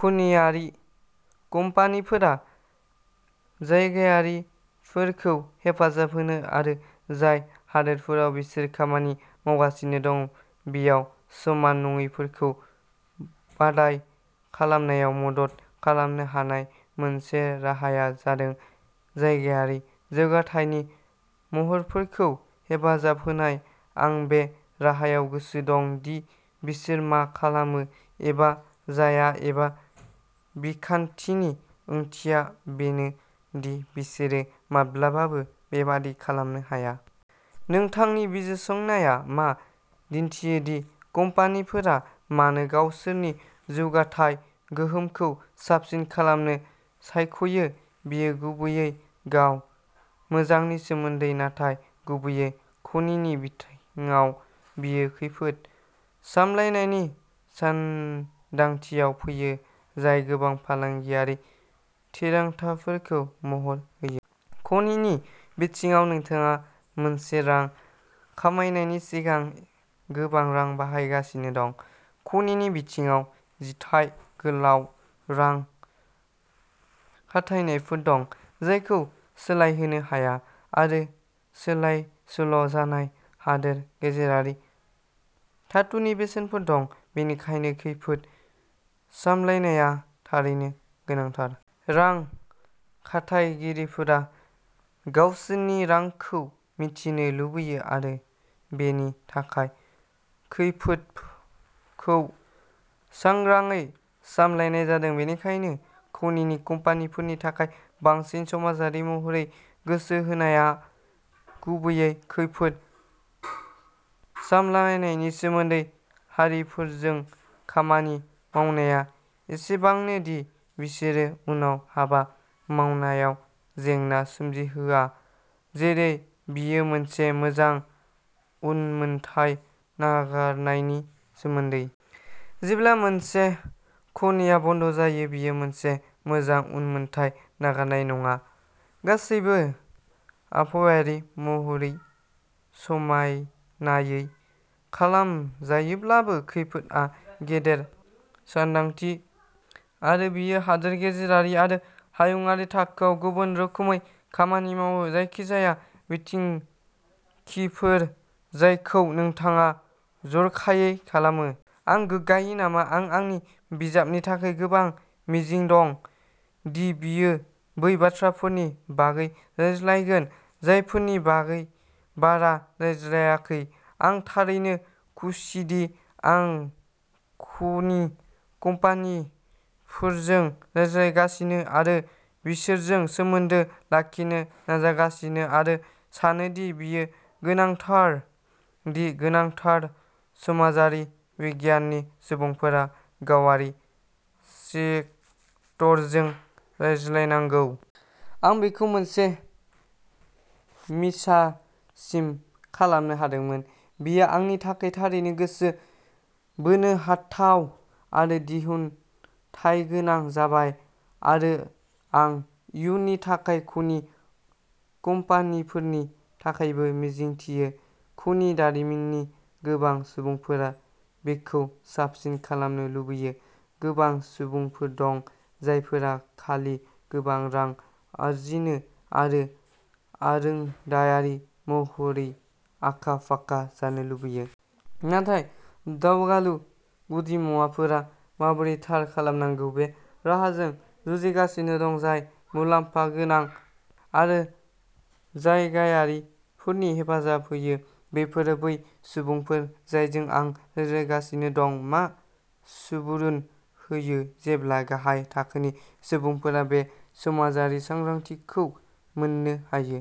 खनियारि कम्पानिफोरा जायगायारिफोरखौ हेफाजाब होनो आरो जाय हादोरफोराव बिसोर खामानि मावगासिनो दं, बेयाव समान नङैफोरखौ बादाइ खालामनायाव मदद खालामनो हानाय मोनसे राहाया जादों जायगायारि जौगाथायनि महरफोरखौ हेफाजाब होनाय। आं बे राहायाव गोसो दं दि बिसोर मा खालामो एबा जाया एबा बिखान्थिनि ओंथिया बेनो दि बिसोरो माब्लाबाबो बेबादि खालामनो हाया। नोंथांनि बिजिरसंनाया मा दिन्थियो दि कम्पानिफोरा मानो गावसोरनि जौगाथाय गोहोमखौ साबसिन खालामनो सायख'यो? बेयो गुबैयै गाव मोजांनि सोमोन्दै। नाथाय गुबैयै खनिनि बिथिङाव, बेयो खैफोद सामलायनायनि सानदांथियाव फैयो, जाय गोबां फालांगियारि थिरांथाफोरखौ महर होयो। खनिनि बिथिङाव, नोंथाङा मोनसे रां खामायनायनि सिगां गोबां रां बाहायगासिनो दं। खनिनि बिथिङाव जिथाय गोलाव रां खाथायनायफोर दं, जायखौ सोलायहोनो हाया आरो सोलायसोल' जानाय हादोर गेजेरारि धातुनि बेसेनफोर दं, बेनिखायनो खैफोद सामलायनाया थारैनो गोनांथार। रां खाथायगिरिफोरा गावसोरनि रांखौ मिथिनो लुबैयो आरो बेनि थाखाय खैफोदफोरखौ सांग्राङै सामलायनाय जादों। बेनिखायनो, खनिनि कम्पानिफोरनि थाखाय बांसिन समाजारि महरै गोसो होनाया गुबैयै खैफोद सामलायनायनि सोमोन्दै। हारिफोरजों खामानि मावनाया एसेबांनो दि बिसोरो उनाव हाबा मावनायाव जेंना सोमजिहोआ, जेरै बेयो मोनसे मोजां उनमोनथाइ नागारनायनि सोमोन्दै। जेब्ला मोनसे खनिआ बन्द जायो, बेयो मोनसे मोजां उनमोनथाइ नागारनाय नङा गासैबो आबहावायारि महरै समायनायै खालामजायोब्लाबो खैफोदआ गेदेर सानदांथि आरो बेयो हादोर गेजेरारि आरो हायुंआरि थाखोआव गुबुन रोखोमै खामानि मावो। जायखिजाया बिथिंखिफोर जायखौ नोंथाङा जर'खायै खालामो। आं गोग्गायो नामा? आं आंनि बिजाबनि थाखाय गोबां मिजिं दं, दि बेयो बै बाथ्राफोरनि बागै रायज्लायगोन जायफोरनि बागै बारा रायज्लायाखै। आं थारैनो खुसिदि आं खनि कम्पानिफोरजों रायज्लायगासिनो आरो बिसोरजों सोमोन्दो लाखिनो नाजागासिनो। आरो सानो दि बेयो गोनांथार दि गोनांथार समाजारि बिगियाननि सुबुंफोरा गावारि सेक्टरजों रायज्लायनांगौ। आं बेखौ मोनसे मिसासिम खालामनो हादोंमोन। बेयो आंनि थाखाय थारैनो गोसो बोनो हाथाव आरो दिहुनथायगोनां जाबाय आरो आं इयुननि थाखाय खनि कम्पानिफोरनि थाखायबो मिजिंथियो। खनि दारिमिननि गोबां सुबुंफोरा बेखौ साबसिन खालामनो लुबैयो। गोबां सुबुंफोर दं जायफोरा खालि गोबां रां आर्जिनो आरो आरोंदायारि महरै आखा-फाखा जानो लुबैयो। नाथाय दावगालु गुदिमुवाफोरा माबोरै थार खालामनांगौ, बे राहाजों जुजिगासिनो दं, जाय मुलाम्फा गोनां आरो जायगायारिफोरनि हेफाजाब होयो। बेफोरो बै सुबुंफोर जायजों आं रायज्लायगासिनो दं। मा सुबुरुन होयो जेब्ला गाहाय थाखोनि सुबुंफोरा बे समाजारि सांग्रांथिखौ मोननो हायो।